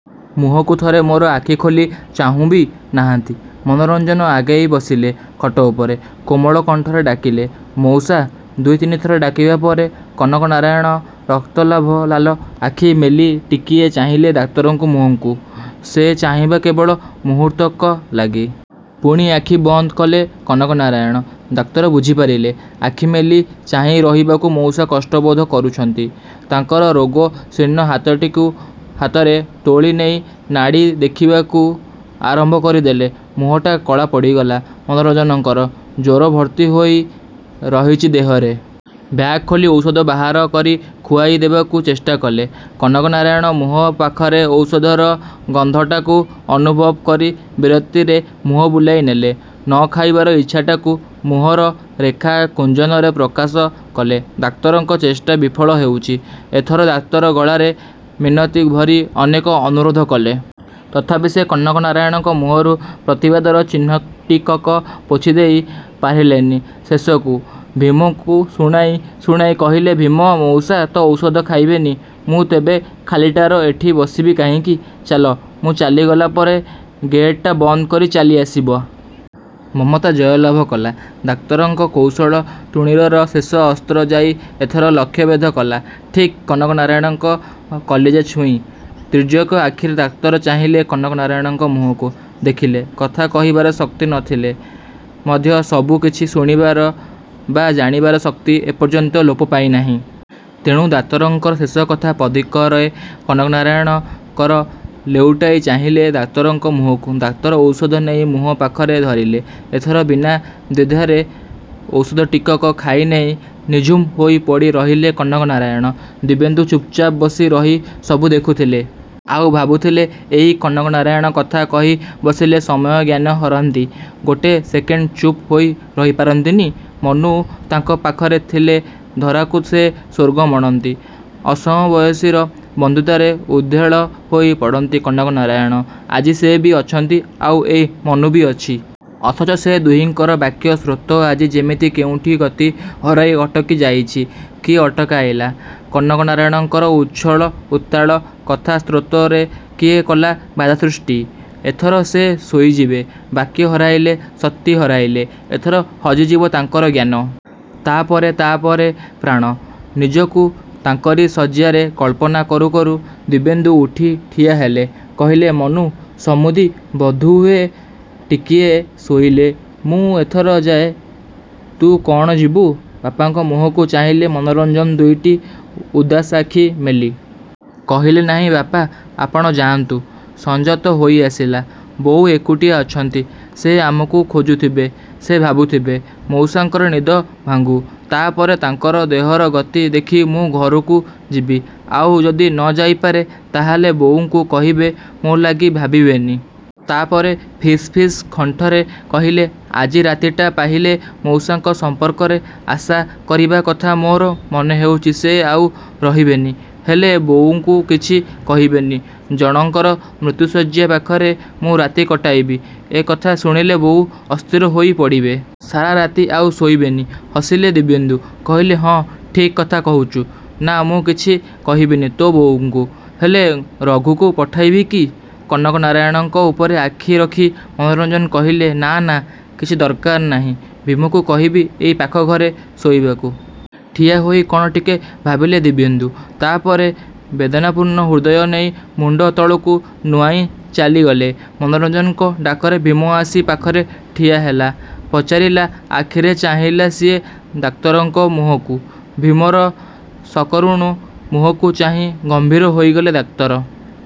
ମୁହଁକୁ ଥରେ ମୋର ଆଖି ଖୋଲି ଚାହୁଁ ବି ନାହାଁନ୍ତି। ମନୋରଞ୍ଜନ ଆଗେଇ ବସିଲେ ଖଟ ଉପରେ। କୋମଳ କଣ୍ଠରେ ଡାକିଲେ, ମଉସା! ଦୁଇ ତିନିଥର ଡାକିବା ପରେ କନକନାରାୟଣ ରକ୍ତଲାଭଲାଲ ଆଖି ମେଲି ଟିକିଏ ଚାହିଁଲେ ଡାକ୍ତରଙ୍କ ମୁହଁକୁ। ସେ ଚାହିଁବା କେବଳ ମୁହୂର୍ତ୍ତକ ଲାଗି। ପୁଣି ଆଖି ବନ୍ଦ କଲେ କନକନାରାୟଣ। ଡାକ୍ତର ବୁଝି ପାରିଲେ, ଆଖି ମେଲି ଚାହିଁ ରହିବାକୁ ମଉସା କଷ୍ଟବୋଧ କରୁଛନ୍ତି। ତାଙ୍କର ରୋଗ-ଶୀର୍ଣ୍ଣ ହାତଟିକୁ ହାତରେ ତୋଳି ନେଇ ନାଡ଼ି ଦେଖିବାକୁ ଆରମ୍ଭ କରିଦେଲେ। ମୁହଁଟା କଳା ପଡ଼ିଗଲା ମନୋରଞ୍ଜନଙ୍କର। ଜ୍ୱର ଭର୍ତ୍ତି ହୋଇ ରହିଛି ଦେହରେ। ବ୍ୟାଗ୍ ଖୋଲି ଔଷଧ ବାହାର କରି ଖୁଆଇ ଦେବାକୁ ଚେଷ୍ଟା କଲେ। କନକନାରାୟଣ ମୁହଁ ପାଖରେ ଔଷଧର ଗନ୍ଧଟାକୁ ଅନୁଭବ କରି ବିରକ୍ତିରେ ମୁହଁ ବୁଲାଇ ନେଲେ। ନ ଖାଇବାର ଇଚ୍ଛାଟାକୁ ମୁହଁର ରେଖା କୁଞ୍ଜନରେ ପ୍ରକାଶ କଲେ। ଡାକ୍ତରଙ୍କ ଚେଷ୍ଟା ବିଫଳ ହେଉଛି। ଏଥର ଡାକ୍ତର ଗଳାରେ ମିନତି ଭରି ଅନେକ ଅନୁରୋଧ କଲେ। ତଥାପି ସେ କନକନାରାୟଣଙ୍କ ମୁହଁରୁ ପ୍ରତିବାଦର ଚିହ୍ନଟିକକ ପୋଛି ଦେଇ ପାରିଲେନି। ଶେଷକୁ, ଭୀମକୁ ଶୁଣାଇ ଶୁଣାଇ କହିଲେ, ଭୀମ! ମଉସା ତ ଔଷଧ ଖାଇବେନି। ମୁଁ ତେବେ ଖାଲିଟାର ଏଠି ବସିବି କାହିଁକି? ଚାଲ, ମୁଁ ଚାଲିଗଲା ପରେ ଗେଟ୍‌ଟା ବନ୍ଦ କରି ଚାଲି ଆସିବ। ମମତା ଜୟଲାଭ କଲା। ଡାକ୍ତରଙ୍କ କୌଶଳ ତୁଣୀରର ଶେଷ ଅସ୍ତ୍ର ଯାଇ ଏଥର ଲକ୍ଷ୍ୟଭେଦ କଲା, ଠିକ୍ କନକନାରାୟଣଙ୍କ କଲିଜା ଛୁଇଁ। ତୀର୍ଯ୍ୟକ ଆଖିରେ ଡାକ୍ତର ଚାହିଁଲେ କନକନାରାୟଣଙ୍କ ମୁହଁକୁ। ଦେଖିଲେ, କଥା କହିବାର ଶକ୍ତି ନ ଥିଲେ ମଧ୍ୟ ସବୁ କିଛି ଶୁଣିବାର ବା ଜାଣିବାର ଶକ୍ତି ଏ ପର୍ଯ୍ୟନ୍ତ ଲୋପ ପାଇନାହିଁ। ତେଣୁ ଡାକ୍ତରଙ୍କର ଶେଷକଥା ପଦିକରେ କନକନାରାୟଣ କର ଲେଉଟାଇ ଚାହିଁଲେ ଡାକ୍ତରଙ୍କ ମୁହଁକୁ। ଡାକ୍ତର ଔଷଧ ନେଇ ମୁହଁ ପାଖରେ ଧରିଲେ। ଏଥର ବିନା ଦ୍ୱିଧାରେ ଔଷଧ ଟିକକ ଖାଇନେଇ ନିଝୁମ ହୋଇ ପଡ଼ି ରହିଲେ କନକନାରାୟଣ। ଦିବ୍ୟେନ୍ଦୁ ଚୁପ୍‌ଚାପ୍ ବସି ରହି ସବୁ ଦେଖୁଥିଲେ। ଆଉ ଭାବୁଥିଲେ ଏଇ କନକନାରାୟଣ କଥା କହି ବସିଲେ ସମୟ ଜ୍ଞାନ ହରାନ୍ତି। ଗୋଟେ ସେକେଣ୍ଡ ଚୁପ୍ ହୋଇ ରହି ପାରନ୍ତିନି। ମନୁ ତାଙ୍କ ପାଖରେ ଥିଲେ ଧରାକୁ ସେ ସ୍ୱର୍ଗ ମଣନ୍ତି। ଅସମବୟସୀର ବନ୍ଧୁତାରେ ଉଦ୍ଦେଳ ହୋଇ ପଡ଼ନ୍ତି କନକନାରାୟଣ। ଆଜି ସେ ବି ଅଛନ୍ତି ଆଉ ଏଇ ମନୁ ବି ଅଛି। ଅଥଚ ସେ ଦୁହିଁଙ୍କର ବାକ୍ୟ ସ୍ରୋତ ଆଜି ଯେମିତି କେଉଁଠି ଗତି ହରାଇ ଅଟକି ଯାଇଛି। କିଏ ଅଟକାଇଲା? କନକନାରାୟଣଙ୍କର ଉଚ୍ଛଳ, ଉତ୍ତାଳ କଥା-ସ୍ରୋତରେ କିଏ କଲା ବାଧା ସୃଷ୍ଟି? ଏଥର ସେ ଶୋଇଯିବେ। ବାକ୍ୟ ହରାଇଲେ, ଶକ୍ତି ହରାଇଲେ, ଏଥର ହଜିଯିବ ତାଙ୍କର ଜ୍ଞାନ। ତା' ପରେ, ତା' ପରେ ପ୍ରାଣ। ନିଜକୁ ତାଙ୍କରି ଶଯ୍ୟାରେ କଳ୍ପନା କରୁ କରୁ ଦିବ୍ୟେନ୍ଦୁ ଉଠି ଠିଆ ହେଲେ। କହିଲେ ମନୁ, ସମୁଦି ବୋଧହୁଏ ଟିକିଏ ଶୋଇଲେ। ମୁଁ ଏଥର ଯାଏ? ତୁ କ'ଣ ଯିବୁ? ବାପାଙ୍କ ମୁହଁକୁ ଚାହିଁଲେ ମନୋରଞ୍ଜନ ଦୁଇଟି ଉଦାସ ଆଖି ମେଲି। କହିଲେ ନାହିଁ ବାପା, ଆପଣ ଯାଆନ୍ତୁ। ସଞ୍ଜ ତ ହୋଇ ଆସିଲା। ବୋଉ ଏକୁଟିଆ ଅଛନ୍ତି। ସେ ଆମକୁ ଖୋଜୁଥିବେ, ସେ ଭାବୁଥିବେ। ମଉସାଙ୍କର ନିଦ ଭାଙ୍ଗୁ। ତା' ପରେ, ତାଙ୍କର ଦେହର ଗତି ଦେଖି ମୁଁ ଘରକୁ ଯିବି। ଆଉ ଯଦି ନ ଯାଇପାରେ, ତାହାହେଲେ ବୋଉଙ୍କୁ କହିବେ, ମୋ ଲାଗି ଭାବିବେନି। ତା' ପରେ ଫିସ୍ ଫିସ୍ କଣ୍ଠରେ କହିଲେ, ଆଜି ରାତିଟା ପାହିଲେ ମଉସାଙ୍କ ସମ୍ପର୍କରେ ଆଶା କରିବା କଥା। ମୋର ମନେ ହେଉଛି ସେ ଆଉ ରହିବେନି। ହେଲେ, ବୋଉଙ୍କୁ କିଛି କହିବେନି। ଜଣଙ୍କର ମୃତ୍ୟୁଶଯ୍ୟା ପାଖରେ ମୁଁ ରାତି କଟାଇବି ଏ କଥା ଶୁଣିଲେ ବୋଉ ଅସ୍ଥିର ହୋଇ ପଡ଼ିବେ। ସାରା ରାତି ଆଉ ଶୋଇବେନି। ହସିଲେ ଦିବ୍ୟେନ୍ଦୁ। କହିଲେ, ହଁ ଠିକ୍ କଥା କହୁଛୁ। ନା, ମୁଁ କିଛି କହିବିନି ତୋ ବୋଉଙ୍କୁ। ହେଲେ ରଘୁକୁ ପଠାଇବି କି? କନକନାରାୟଣଙ୍କ ଉପରେ ଆଖି ରଖି ମନୋରଞ୍ଜନ କହିଲେ ନାଁ, ନାଁ, କିଛି ଦରକାର ନାହିଁ। ଭୀମକୁ କହିବି ଏଇ ପାଖ ଘରେ ଶୋଇବାକୁ। ଠିଆ ହୋଇ କ'ଣ ଟିକେ ଭାବିଲେ ଦିବ୍ୟେନ୍ଦୁ। ତା' ପରେ, ବେଦନାପୂର୍ଣ୍ଣ ହୃଦୟ ନେଇ ମୁଣ୍ଡ ତଳକୁ ନୁଆଁଇ ଚାଲିଗଲେ। ମନୋରଞ୍ଜନଙ୍କ ଡାକରେ ଭୀମ ଆସି ପାଖରେ ଠିଆ ହେଲା। ପଚାରିଲା ଆଖିରେ ଚାହିଁଲା ସିଏ ଡାକ୍ତରଙ୍କ ମୁହଁକୁ। ଭୀମର ସକରୁଣ ମୁହଁକୁ ଚାହିଁ ଗମ୍ଭୀର ହୋଇଗଲେ ଡାକ୍ତର।